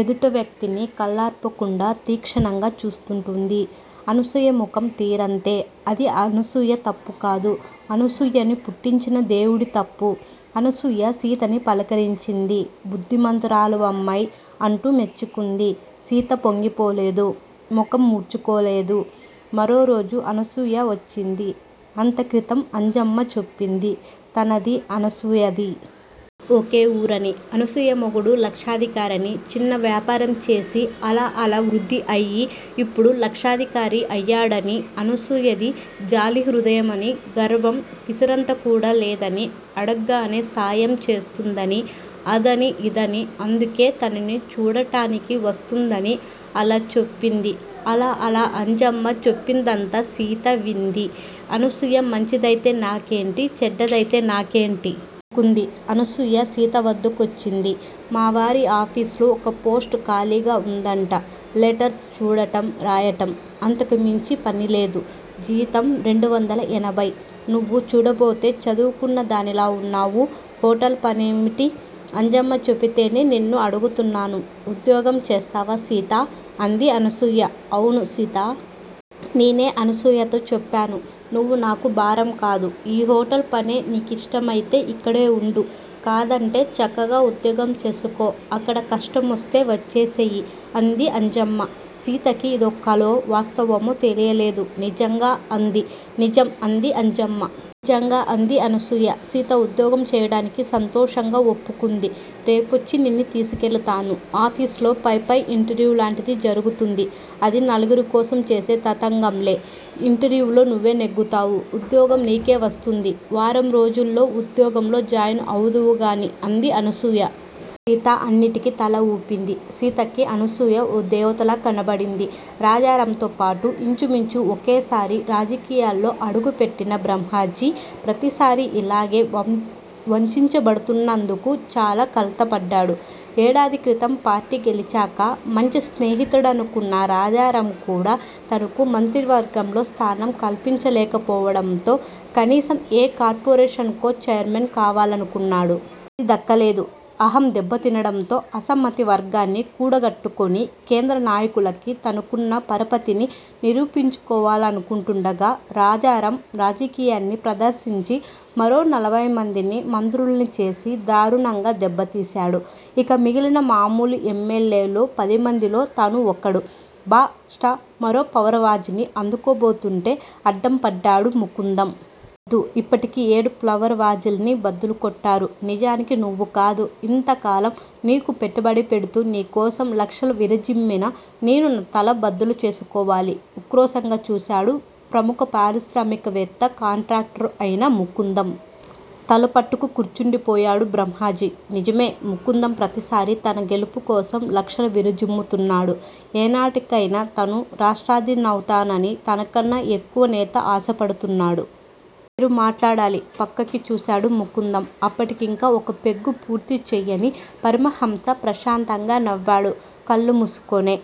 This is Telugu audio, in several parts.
ఎదుట వ్యక్తిని కళ్ళార్పకుండా తీక్షణంగా చూస్తుంటుంది. అనసూయ ముఖం తీరంతే. అది అనసూయ తప్పుకాదు. అనసూయని పుట్టించిన దేవుడి తప్పు. అనసూయ, సీతని పలకరించింది. బుద్దిమంతురాలివమ్మాయ్. అంటూ మెచ్చుకుంది. సీత పొంగిపోలేదు. ముఖం మాడ్చుకోనూలేదు. మరోరోజు అనసూయ వచ్చింది. అంతక్రితం అంజమ్మ చెప్పింది. తనదీ అనసూయదీ ఒకేవూరని అనసూయ మొగుడు లక్షాధికారని చిన్నవ్యాపారం చేసి అలా అలా వృద్ది అయి ఇప్పుడు లక్షాధికారి అయ్యాడని అనసూయాది జాలిహృదయం అని గర్వం పిసరంతకూడా లేదని అడగగానే సహాయం చేస్తుందని అదని ఇదని అందుకే తనని చూడటానికి వస్తుందని అలా చెప్పింది అలా అలా అంజమ్మ చెప్పిందంతా సీత వింది అనసూయ మంచిదయితే నాకేoటి, చెడ్డదయితే నాకేoటి? అనుకుంది. అనసూయ, సీతవద్దకొచ్చింది. మావారి ఆఫీసులో ఒక పోస్ట్ ఖాళీగా వుందoట. లెటర్స్ చూడటం రాయటం. అంతకుమించి పనిలేదు. జీతం రెండువందల ఎనభై, నువ్వు చూడబోతే చదువుకున్నదానిలా వున్నావు, హొటల్ పనేమిటి? అంజమ్మ చెపితేనే నిన్ను అడుగుతున్నాను ఉద్యోగం చేస్తావ సీతా! అంది అనసూయ. 'అవును సీతా! నేనే అనసూయతో చెప్పాను. నువ్వు నాకు భారం కాదు. ఈ హొటల్ పనే నీ కిష్టమయితే ఇక్కడే వుండు. కాదంటే చక్కగా ఉద్యోగం చేసుకో. అక్కడ కష్టం వస్తే వచ్చేసేయి. అంది అంజమ్మ. సీతకి ఇది కలో, వాస్తవమో తెలియలేదు. నిజంగా? అంది. నిజం. అంది అంజమ్మ. నిజంగా! అంది అనసూయ. సీత ఉద్యోగం చేయటానికి సంతోషంగా ఒప్పుకుంది. రేపొచ్చి నిన్ను తీసుకెళతాను. ఆఫీసులో పైపై ఇంటర్వ్యూ లాంటిది జరుగుతుంది. అది నలుగురికోసం చేసే తతంగంలే, ఇంట ర్వ్యూలో నువ్వే నెగ్గుతావు. ఉద్యోగం నీకే వస్తుంది. వారంరోజుల్లో ఉద్యోగంలో జాయిన్ అవుదువుగాని. అంది అనసూయ. సీత అన్నింటికీ తల వూపింది. సీతకి అనసూయ ఓ దేవతలా కనపడింది. రాజారాంతో పాటు ఇంచుమించు ఒకేసారి రాజకీయాల్లో అడుగు పెట్టిన బ్రహ్మాజీ. ప్రతిసారీ యిలాగే వంచించబడుతున్నందుకు చాలా కలతపడ్డాడు. ఏడాదిక్రితం పార్టీ గెలిచాక మంచి స్నేహితుడనుకున్న రాజారాంకూడా తనకు మంత్రివర్గంలో స్థానం కల్పించలేకపోవడంతో కనీసం ఏ కార్పోరేషన్ కో చైర్మన్ కావాలనుకున్నాడు. అదీ దక్కలేదు. అహం దెబ్బతినడంతో అసమ్మతి వర్గాన్ని కూడగట్టుకొని కేంద్రనాయకులకి తనకున్నపరపతిని నిరూపించుకోవాలనుకుంటుండగా రాజారాం రాజకీయాన్ని ప్రదర్శించి మరో నలభైమందిని మంత్రుల్నిచేసి దారుణంగా దెబ్బతీశాడు. ఇక మిగిలిన మామూలు ఎమ్మెల్యేలు పదిమందిలో తనుఒకడు బా స్ట మరో పవర్ వాజ్ ని అందుకోబోతుంటే అడ్డం పడ్డాడు ముకుందం. వద్దు యిప్పటికి ఏడు ఫ్లవర్ వాజ్ ల్ని బద్దలుకొట్టారు నిజానికి నువ్వుకాదు యింతకాలం నీకు పెట్టుబడి పెడుతూ నీకోసం లక్షలు విరజిమ్మిన నేను నా తల బద్దలుచేసుకోవాలి ఉక్రోషంగా చూశాడు ప్రముఖపారిశ్రామికవేత్త కాంట్రాక్టరూ అయిన ముకుందం. తలపట్టుకు కూర్చుండిపోయాడు బ్రహ్మాజీ. నిజమే ముకుందంప్రతిసారీ తన గెలుపుకోసం లక్షలు విరజిమ్ముతున్నాడు ఏనాటికైనా తనురాష్ట్రాధినౌతానని తనకన్నా ఎక్కువనేత ఆశపడుతున్నాడు. మీరు మాట్లాడాలి పక్కకి చూశాడు ముకుందం. అప్పటికింకా ఒక్క పెగ్గూ పూర్తి చేయని పరమహంస ప్రశాంతంగా నవ్వాడు కళ్ళు మూసుకునే.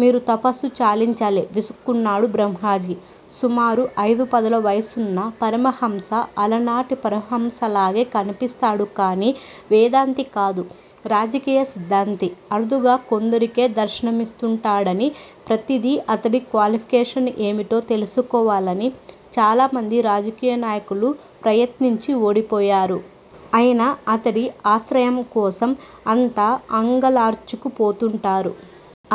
మీరు తపస్సు చాలించాలి విసుక్కున్నాడు బ్రహ్మాజీ. సుమారు అయిదుపదుల వయసున్నపరమహంస అలనాటిపరమ హంసలాగే కనిపిస్తాడు కాని వేదాంతి కాదు రాజకీయ సిద్దాంతి అరుదుగా కొందరికే దర్శనమిస్తుంటాడని ప్రతీతి అతడి క్వాలిఫికేషన్ ఏమిటో తెలుసుకోవాలని చాలామంది రాజకీయనాయకులు ప్రయత్నించిఓడిపోయారు అయినా అతడి ఆశ్రయంకోసం అంతా అంగలార్చుకు పోతుంటారు.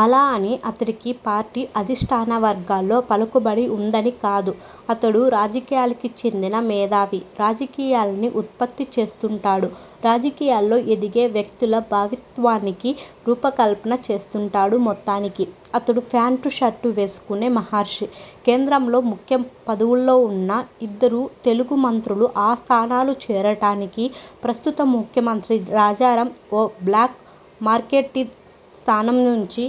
అలా అని అతడికి పార్టీ అధిష్టానవర్గాల్లో పలుకుబడి వుందనికాదు అతడు రాజకీయాలకిచెందిన మేథావి రాజకీయాల్ని ఉత్పత్తిచేస్తుంటాడు రాజకీయాల్లో ఎదిగే వ్యక్తుల భవితవ్యానికి రూపకల్పన చేస్తుంటాడు మొత్తానికి. అతడు ఫ్యాంటూ, షర్టూ వేసుకునే మహర్షి కేంద్రంలో ముఖ్య పదవుల్లో వున్న యిద్దరు తెలుగు మంత్రులు ఆ స్థానాలు చేరటానికి, ప్రస్తుత ముఖ్యమంత్రి రాజారాం ఓ బ్లాక్ మార్కెటీర్ స్థానంనుంచి